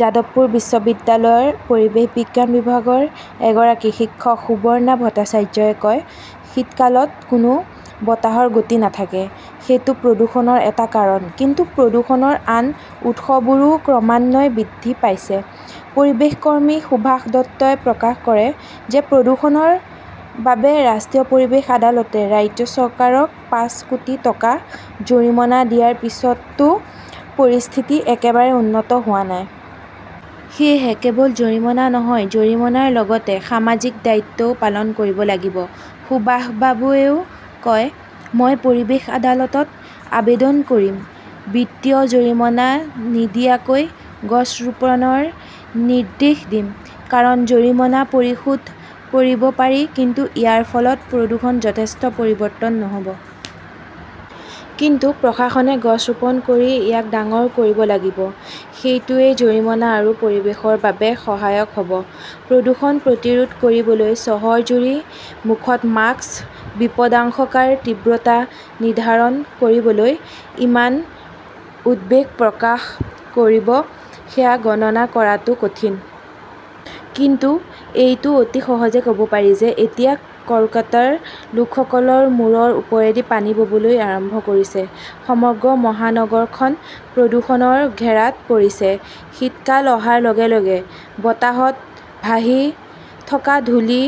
যাদৱপুৰ বিশ্ববিদ্যালয়ৰ পৰিৱেশ বিজ্ঞান বিভাগৰ এগৰাকী শিক্ষক সুব্ৰণা ভট্টাচাৰ্যই কয়, "শীতকালত কোনো বতাহৰ গতি নাথাকে। সেইটো প্ৰদূষণৰ এটা কাৰণ। কিন্তু প্ৰদূষণৰ আন উৎসবোৰো ক্ৰমান্বয়ে বৃদ্ধি পাইছে"। পৰিৱেশকৰ্মী সুভাষ দত্তই প্ৰকাশ কৰে যে, প্ৰদূষণৰ বাবে ৰাষ্ট্ৰীয় পৰিৱেশ আদালতে ৰাজ্য চৰকাৰক পাঁচ কোটি টকা জৰিমনা দিয়াৰ পিছতো পৰিস্থিতি একেবাৰে উন্নত হোৱা নাই। সেয়েহে কেৱল জৰিমনা নহয়, জৰিমনাৰ লগতে সামাজিক দায়িত্বও পালন কৰিব লাগিব। সুভাষ বাবুৱে কয়, "মই পৰিৱেশ আদালতত আবেদন কৰিম, বিত্তীয় জৰিমনা নিদিয়াকৈ গছ ৰোপণৰ নিৰ্দেশ দিম। কাৰণ, জৰিমনা পৰিশোধ কৰিব পাৰি । কিন্তু ইয়াৰ ফলত প্ৰদূষণৰ যথেষ্ট পৰিৱৰ্তন নহব। কিন্তু প্ৰশাসনে গছ ৰোপণ কৰি ইয়াক ডাঙৰ কৰিব লাগিব। এইটোৱেই জৰিমনা আৰু পৰিৱেশৰ বাবে সহায়ক হব"।প্ৰদূষণ প্ৰতিৰোধ কৰিবলৈ চহৰজুৰি মুখত 'মাস্ক " বিপদাশংকাৰ তীব্ৰতা নিৰ্ধাৰণ কৰিবলৈ কিমান উদ্বেগ প্ৰকাশ কৰিব সেয়া গণনা কৰাটো কঠিন। কিন্তু এইটো অতি সহজে ক'ব পাৰি যে, এতিয়া কলকাতাৰ লোকসকলৰ মূৰৰ ওপৰেদি পানী ববলৈ আৰম্ভ কৰিছে। সমগ্ৰ মহানগৰখন প্ৰদূষণৰ ঘেৰাত পৰিছে। শীতকাল অহাৰ লগে লগে বতাহত ভাহি থকা ধূলি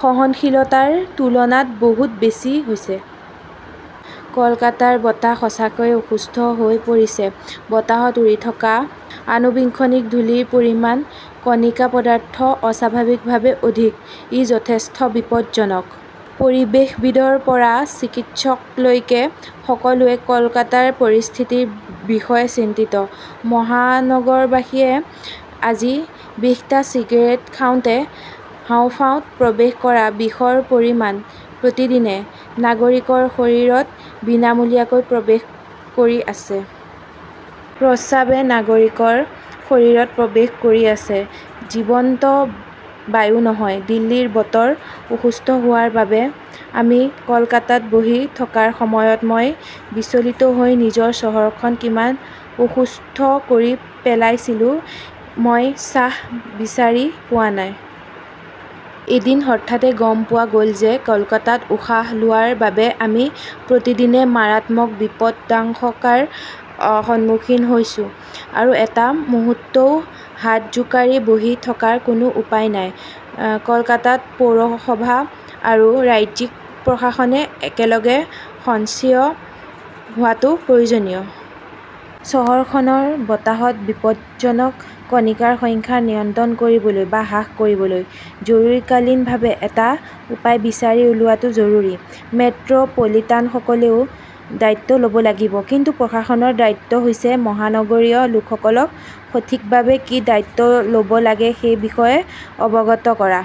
সহনশীলতাৰ তুলনাত বহুত বেছি হৈছে। কলকাতাৰ বতাহ সঁচাকৈয়ে অসুস্থ হৈ পৰিছে। বতাহত উৰি থকা আণুবীক্ষণিক ধূলিৰ পৰিমাণ "কণিকা পদাৰ্থ" অস্বাভাৱিকভাৱে অধিক। ই যথেষ্ট বিপজ্জনক। পৰিৱেশবিদৰ পৰা চিকিৎসকলৈকে সকলোৱে কলকাতাৰ পৰিস্থিতিৰ বিষয়ে চিন্তিত। মহানগৰবাসীয়ে আজি বিশটা চিগাৰেট খাওঁতে হাঁওফাঁওত প্ৰৱেশ কৰা বিষৰ পৰিমাণ প্ৰতিদিনে নাগৰিকৰ শৰীৰত বিনামূলীয়াকৈ প্ৰৱেশ কৰি আছে। প্ৰস্ৰাৱে নাগৰিকৰ শৰীৰত প্ৰৱেশ কৰি আছে, জীৱন্ত বায়ু নহয়। দিল্লীৰ বতৰ অসুস্থ হোৱাৰ বাবে আমি কলকাতাত বহি থকাৰ সময়ত মই বিচলিত হৈ নিজৰ চহৰখন কিমান অসুস্থ কৰি পেলাইছিলো, মই চাহ বিচাৰি পোৱা নাই। এদিন হঠাতে গম পোৱা গ'ল যে, কলকাতাত উশাহ লোৱাৰ বাবে আমি প্ৰতিদিনে মাৰাত্মক বিপদাশংকাৰ সন্মুখীন হৈছো আৰু এটা মুহূৰ্তও হাত জোকাৰি বহি থকাৰ কোনো উপায় নাই। কলকাতা পৌৰসভা আৰু ৰাজ্যিক প্ৰশাসনে একেলগে সক্ৰিয় হোৱাটো প্ৰয়োজনীয়। চহৰখনৰ বতাহত বিপদজনক কণিকাৰ সংখ্যা নিয়ন্ত্ৰণ কৰিবলৈ বা হ্ৰাস কৰিবলৈ জৰুৰীকালীনভাৱে এটা উপায় বিচাৰি উলিওৱাটো জৰুৰী। মেট্ৰ 'পলিটানসকলেও দায়িত্ব ল' ব লাগিব। কিন্তু প্ৰশাসনৰ দায়িত্ব হৈছে মহানগৰীয় লোকসকলক সঠিকভাৱে কি দায়িত্ব ল'ব লাগে সেই বিষয়ে অৱগত কৰা।